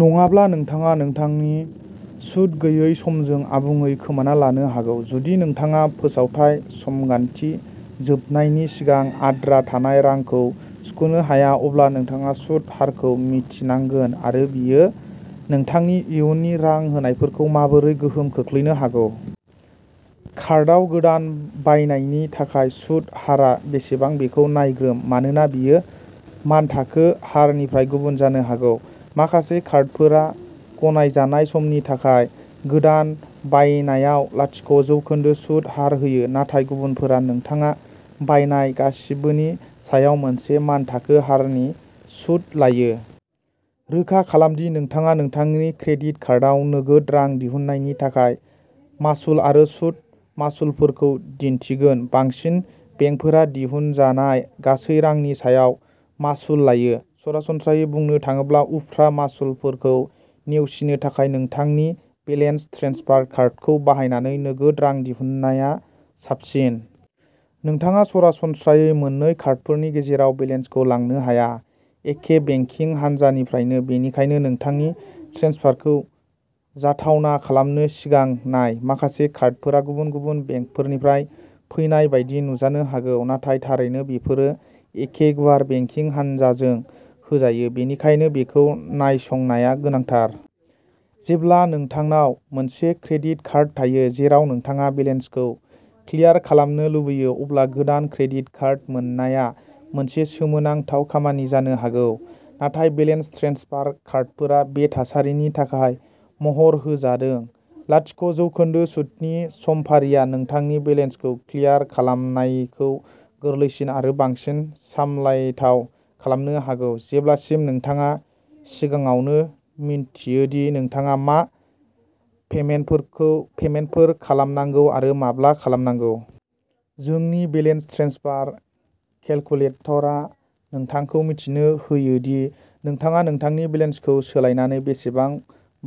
नङाब्ला नोंथाङा नोंथांनि सुद गैयै समखौ आबुङै खोमाना लानो हागौ। जुदि नोंथाङा फोसावथाय समगान्थि जोबनायनि सिगां आद्रा थानाय रांखौ सुख'नो हाया, अब्ला नोंथाङा सुद हारखौ मिथिनांगोन आरो बेयो नोंथांनि इयुननि रां होनायफोरखौ माबोरै गोहोम खोख्लैनो हागौ। कार्डआव गोदान बायनायनि थाखाय सुत हारआ बेसेबां बेखौ नायग्रोम, मानोना बेयो मानथाखो हारनिफ्राय गुबुन जानो हागौ। माखासे कार्डफोरा गनायजानाय समनि थाखाय गोदान बायनायाव लाथिक' जौखोन्दो सुत हार होयो, नाथाय गुबुनफोरा नोंथाङा बायनाय गासिबोनि सायाव मोनसे मानथाखो हारनि सुत लायो। रोखा खालाम दि नोंथाङा नोंथांनि क्रेडिट कार्डआव नोगोद रां दिहुननायनि थाखाय मासुल आरो सुद मासुलफोरखौ मिन्थिगोन। बांसिन बेंकफोरा दिहुनजानाय गासै रांनि सायाव मासुल लायो। सरासनस्रायै बुंनो थाङोब्ला, उफ्रा मासुलफोरखौ नेवसिनो थाखाय नोंथांनि बेलेन्स ट्रेन्सफार कार्डखौ बाहायनानै नोगोद रां दिहुननाया साबसिन। नोंथाङा सरासनस्रायै मोन्नै कार्डफोरनि गेजेराव बेलेन्सखौ लांनो हाया। एखे बेंकिं हानजानिफ्रायनो, बेनिखायनो नोंथांनि ट्रेन्सफारखौ जाथावना खालामनो सिगां नाय। माखासे कार्डफोरा गुबुन-गुबुन बेंकफोरनिफ्राय फैनाय बायदि नुजानो हागौ, नाथाय थारैनो बेफोरो एखे गुवार बेंकिं हानजाजों होजायो, बेनिखायनो बेखौ नायसंनाया गोनांथार। जेब्ला नोंथांनाव मोनसे क्रेडिट कार्ड थायो, जेराव नोंथाङा बेलेन्सखौ क्लियार खालामनो लुबैयो, अब्ला गोदान क्रेडिट कार्ड मोननाया मोनसे सोमोनांथाव खामानि जानो हागौ। नाथाय बेलेन्स ट्रेन्सफार कार्डफोरा बे थासारिनि थाखाय महर होजादों। लाथिक' जौखोन्दो सुतनि समफारिआ नोंथांनि बेलेन्सखौ क्लियार खालामनायखौ गोरलैसिन आरो बांसिन सामलायथाव खालामनो हागौ, जेब्लासिम नोंथाङा सिगाङावनो मिन्थियो दि नोंथाङा मा पेमेन्टफोर खालामनांगौ आरो माब्ला खालामनांगौ। जोंनि बेलेन्स ट्रेन्सफार केलकुलेटरआ नोंथांखौ मिथिनो होयो दि नोंथाङा नोंथांनि बेलेन्सखौ सोलायनानै बेसेबां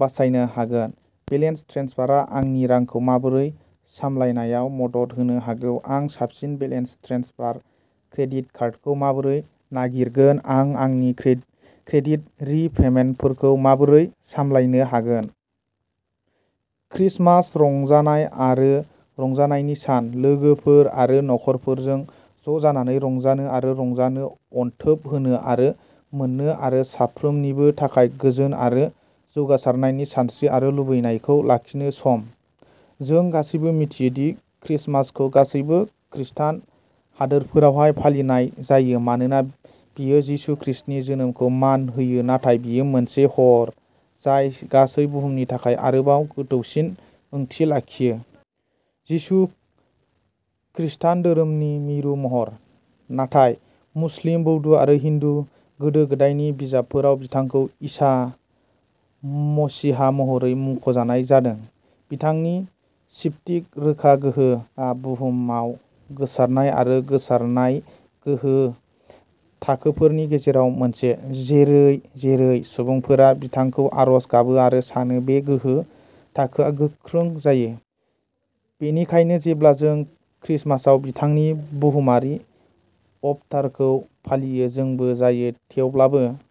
बासायनो हागोन। बेलेन्स ट्रेन्सफारआ आंनि रांखौ माबोरै सामलायनायाव मदद होनो हागौ? आं साबसिन बेलेन्स ट्रेन्सफार क्रेडिट कार्ड कार्डखौ माबोरै नागिरगोन? आं आंनि क्रेडिट रि-पेमेन्टफोरखौ माबोरै सामलायनो हागोन? क्रिसमास रंजानाय आरो रंजानायनि सान। लोगोफोर आरो नखरफोरजों ज'जानानै रंजानो आरो रंजानो, अनथोब होनो आरो मोन्नो, आरो साफ्रोमनिबो थाखाय गोजोन आरो जौगासारनायनि सानस्रि आरो लुबैनायखौ लाखिनो सम। जों गासैबो मिथियो दि क्रिसमासखौ गासैबो खृस्टान हादोरफोराव फालिनाय जायो मानोना बेयो जिसु खृस्टनि जोनोमखौ मान होयो, नाथाय बेयो मोनसे हर जाय गासै बुहुमनि थाखाय आरोबाव गोथौसिन ओंथि लाखियो। जिसु खृस्टान धोरोमनि मिरु महर, नाथाय मुस्लिम, बौद्ध आरो हिन्दु गोदो गोदायनि बिजाबफोराव बिथांखौ इसा मसीहा महरै मुंख'नाय जादों। बिथांनि स्फटिक रोखा गोहो आ बुहुमाव गोसारनाय आरो गोसारनाय गोहो थाखोफोरनि गेजेराव मोनसे। जेरै-जेरै सुबुंफोरा बिथांखौ आरज गाबो आरो सानो, बे गोहो थाखोआ गोख्रों जायो। बेनिखायनो जेब्ला जों क्रिसमासआव बिथांनि बुहुमारि अबतारखौ फालियो, जोंबो जायो, थेवब्लाबो।